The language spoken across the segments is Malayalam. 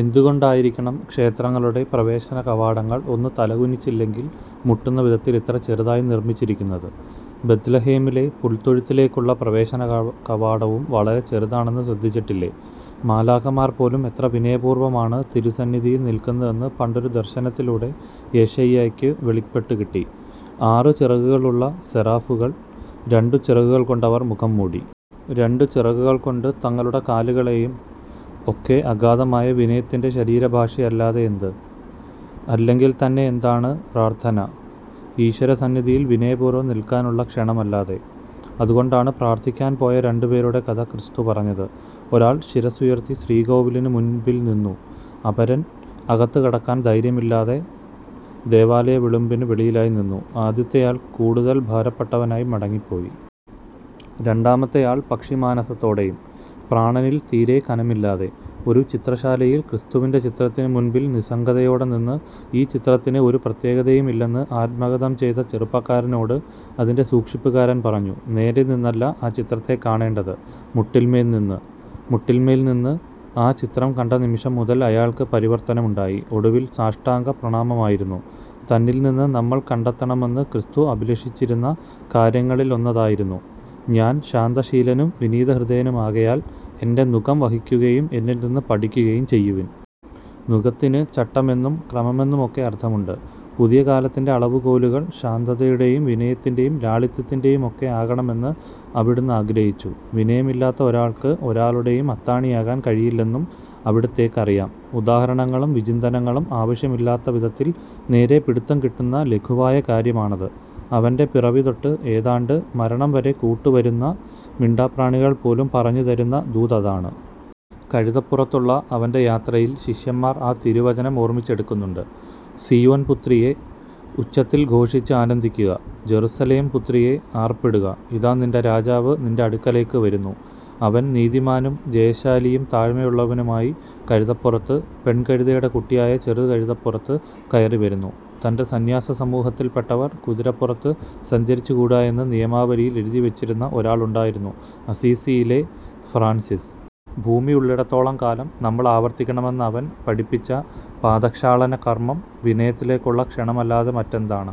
എന്തുകൊണ്ടായിരിക്കണം ക്ഷേത്രങ്ങളുടെ പ്രവേശനകവാടങ്ങൾ ഒന്നു തലകുനിച്ചില്ലെങ്കിൽ മുട്ടുന്നവിധത്തിൽ ഇത്ര ചെറുതായി നിർമിച്ചിരിക്കുന്നത്. ബത്ലഹേമിലെ പുൽത്തൊഴുത്തിലേക്കുള്ള പ്രവേശനകവാടവും വളരെ ചെറുതാണെന്ന് ശ്രദ്ധിച്ചിട്ടില്ലേ. മാലാഖമാർപോലും എത്ര വിനയപൂർവമാണ് തിരുസന്നിധിയിൽ നില്ക്കുന്നതെന്ന് പണ്ടൊരു ദർശനത്തിലൂടെ ഏശയ്യായ്ക്കു വെളിപ്പെട്ടു കിട്ടി. ആറു ചിറകുകളുള്ള സെറാഫുകൾ. രണ്ടു ചിറകുകൾകൊണ്ട് അവർ മുഖം മൂടി. രണ്ടു ചിറകുകൾകൊണ്ട് തങ്ങളുടെ കാലുകളെയും. ഒക്കെ അഗാധമായ വിനയത്തിന്റെ ശരീരഭാഷയല്ലാതെയെന്ത്. അല്ലെങ്കിൽത്തന്നെയെന്താണ് പ്രാർഥന. ഈശ്വരസന്നിധിയിൽ വിനയപൂർവം നിൽക്കാനുള്ള ക്ഷണമല്ലാതെ. അതുകൊണ്ടാണ് പ്രാർഥിക്കാൻ പോയ രണ്ടുപേരുടെ കഥ ക്രിസ്തുപറഞ്ഞത്. ഒരാൾ ശിരസ്സുയർത്തി ശ്രീകോവിലിന് മുൻപിൽനിന്നു. അപരൻ അകത്തുകടക്കാൻ ധൈര്യമില്ലാതെ ദേവാലയ വിളുമ്പിനു വെളിയിലായിനിന്നു. ആദ്യത്തെയാൾ കൂടുതൽ ഭാരപ്പെട്ടവനായി മടങ്ങിപ്പോയി. രണ്ടാമത്തെയാൾ പക്ഷിമാനസത്തോടെയും. പ്രാണനിൽ തീരേ കനമില്ലാതെ. ഒരു ചിത്രശാലയിൽ ക്രിസ്തുവിന്റെ ചിത്രത്തിനുമുൻപിൽ നിസ്സംഗതയോടെ നിന്ന് 'ഈ ചിത്രത്തിന് ഒരു പ്രത്യേകതയുമില്ലെ'ന്ന് ആത്മഗതംചെയ്ത ചെറുപ്പക്കാരനോട് അതിന്റെ സൂക്ഷിപ്പുകാരൻ പറഞ്ഞു:നേരെനിന്നല്ല ആ ചിത്രത്തെ കാണേണ്ടത്, മുട്ടിന്മേൽനിന്ന്. മുട്ടിന്മേൽനിന്ന് ആ ചിത്രം കണ്ടനിമിഷം മുതൽ അയാൾക്ക് പരിവർത്തനമുണ്ടായി. ഒടുവിൽ സാഷ്ടാംഗപ്രണാമമായിരുന്നു. തന്നിൽനിന്ന് നമ്മൾ കണ്ടെത്തണമെന്ന് ക്രിസ്തു അഭിലഷിച്ചിരുന്ന കാര്യങ്ങളിലൊന്നതായിരുന്നു:ഞാൻ ശാന്തശീലനും വിനീതഹൃദയനുമാകയാൽ എന്റെ നുകം വഹിക്കുകയും എന്നിൽനിന്ന് പഠിക്കുകയും ചെയ്യുവിൻ. നുകത്തിന് ചട്ടമെന്നും ക്രമമെന്നുമൊക്കെ അർഥമുണ്ട്. പുതിയ കാലത്തിന്റെ അളവുകോലുകൾ ശാന്തതയുടെയും വിനയത്തിന്റെയും ലാളിത്യത്തിന്റെയുമൊക്കെ ആകണമെന്ന് അവിടുന്ന് ആഗ്രഹിച്ചു. വിനയമില്ലാത്ത ഒരാൾക്ക് ഒരാളുടെയും അത്താണിയാകാൻ കഴിയില്ലെന്നും അവിടുത്തേക്ക് അറിയാം. ഉദാഹരണങ്ങളും വിചിന്തനങ്ങളും ആവശ്യമില്ലാത്തവിധത്തിൽ നേരേ പിടുത്തംകിട്ടുന്ന ലഘുവായ കാര്യമാണത്. അവന്റെ പിറവിതൊട്ട് ഏതാണ്ട് മരണംവരെ കൂട്ടുവരുന്ന മിണ്ടാപ്രാണികൾപോലും പറഞ്ഞുതരുന്ന ദൂതതാണ്. കഴുതപ്പുറത്തുള്ള അവന്റെ യാത്രയിൽ ശിഷ്യന്മാർ ആ തിരുവചനം ഓർമിച്ചെടുക്കുന്നുണ്ട്. സീയോൻപുത്രിയേ, ഉച്ചത്തിൽ ഘോഷിച്ച് ആനന്ദിക്കുക. ജറുസലേം പുത്രിയേ, ആർപ്പിടുക. ഇതാ നിന്റെ രാജാവ് നിന്റെ അടുക്കലേക്ക് വരുന്നു. അവൻ നീതിമാനും ജയശാലിയും താഴ്മയുള്ളവനുമായി കഴുതപ്പുറത്ത്, പെൺകഴുതയുടെ കുട്ടിയായ ചെറുകഴുതപ്പുറത്ത് കയറിവരുന്നു. തന്റെ സന്ന്യാസസമൂഹത്തിൽപ്പെട്ടവർ കുതിരപ്പുറത്ത് സഞ്ചരിച്ചുകൂടായെന്ന് നിയമാവലിയിൽ എഴുതിവെച്ചിരുന്ന ഒരാളുണ്ടായിരുന്നു അസ്സീസിയിലെ ഫ്രാൻസിസ്. ഭൂമിയുള്ളിടത്തോളം കാലം നമ്മൾ ആവർത്തിക്കണമെന്നവൻ പഠിപ്പിച്ച പാദക്ഷാളനകർമം വിനയത്തിലേക്കുള്ള ക്ഷണമല്ലാതെ മറ്റെന്താണ്.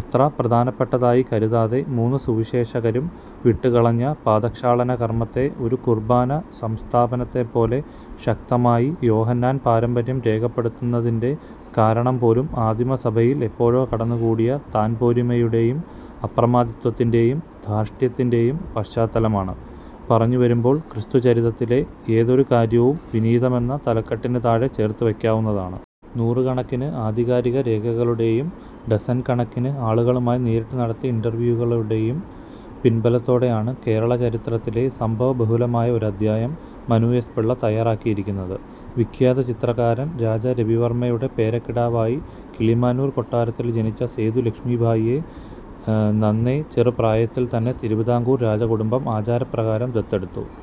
അത്ര പ്രധാനപ്പെട്ടതായി കരുതാതെ മൂന്നു സുവിശേഷകരും വിട്ടുകളഞ്ഞ പാദക്ഷാളനകർമത്തെ ഒരു കുർബാന സംസ്ഥാപനത്തെപ്പോലെ ശക്തമായി യോഹന്നാൻ പാരമ്പര്യം രേഖപ്പെടുത്തുന്നതിന്റെ കാരണംപോലും ആദിമസഭയിൽ എപ്പോഴോ കടന്നുകൂടിയ താൻപോരിമയുടെയും അപ്രമാദിത്വത്തിന്റെയും ധാർഷ്ട്യത്തിന്റെയും പശ്ചാത്തലമാണ്. പറഞ്ഞുവരുമ്പോൾ ക്രിസ്തുചരിതത്തിലെ ഏതൊരു കാര്യവും വിനീതമെന്ന തലക്കെട്ടിനുതാഴെ ചേർത്തുവെക്കാവുന്നതാണ്. നൂറുകണക്കിന് ആധികാരിക രേഖകളുടെയും ഡസണ് കണക്കിന് ആളുകളുമായി നേരിട്ട് നടത്തിയ ഇന്റര്വ്യൂകളുടെയും പിന്ബലത്തോടെയാണ് കേരളചരിത്രത്തിലെ സംഭവബഹുലമായ ഒരധ്യായം മനു എസ്. പിള്ള തയ്യാറാക്കിയിരിക്കുന്നത്. വിഖ്യാത ചിത്രകാരന് രാജാ രവിവര്മയുടെ പേരക്കിടാവായി കിളിമാനൂര് കൊട്ടാരത്തില് ജനിച്ച സേതു ലക്ഷ്മി ഭായിയെ നന്നെ ചെറുപ്രായത്തില് തന്നെ തിരുവിതാംകൂര് രാജകുടുംബം ആചാരപ്രകാരം ദത്തെടുത്തു.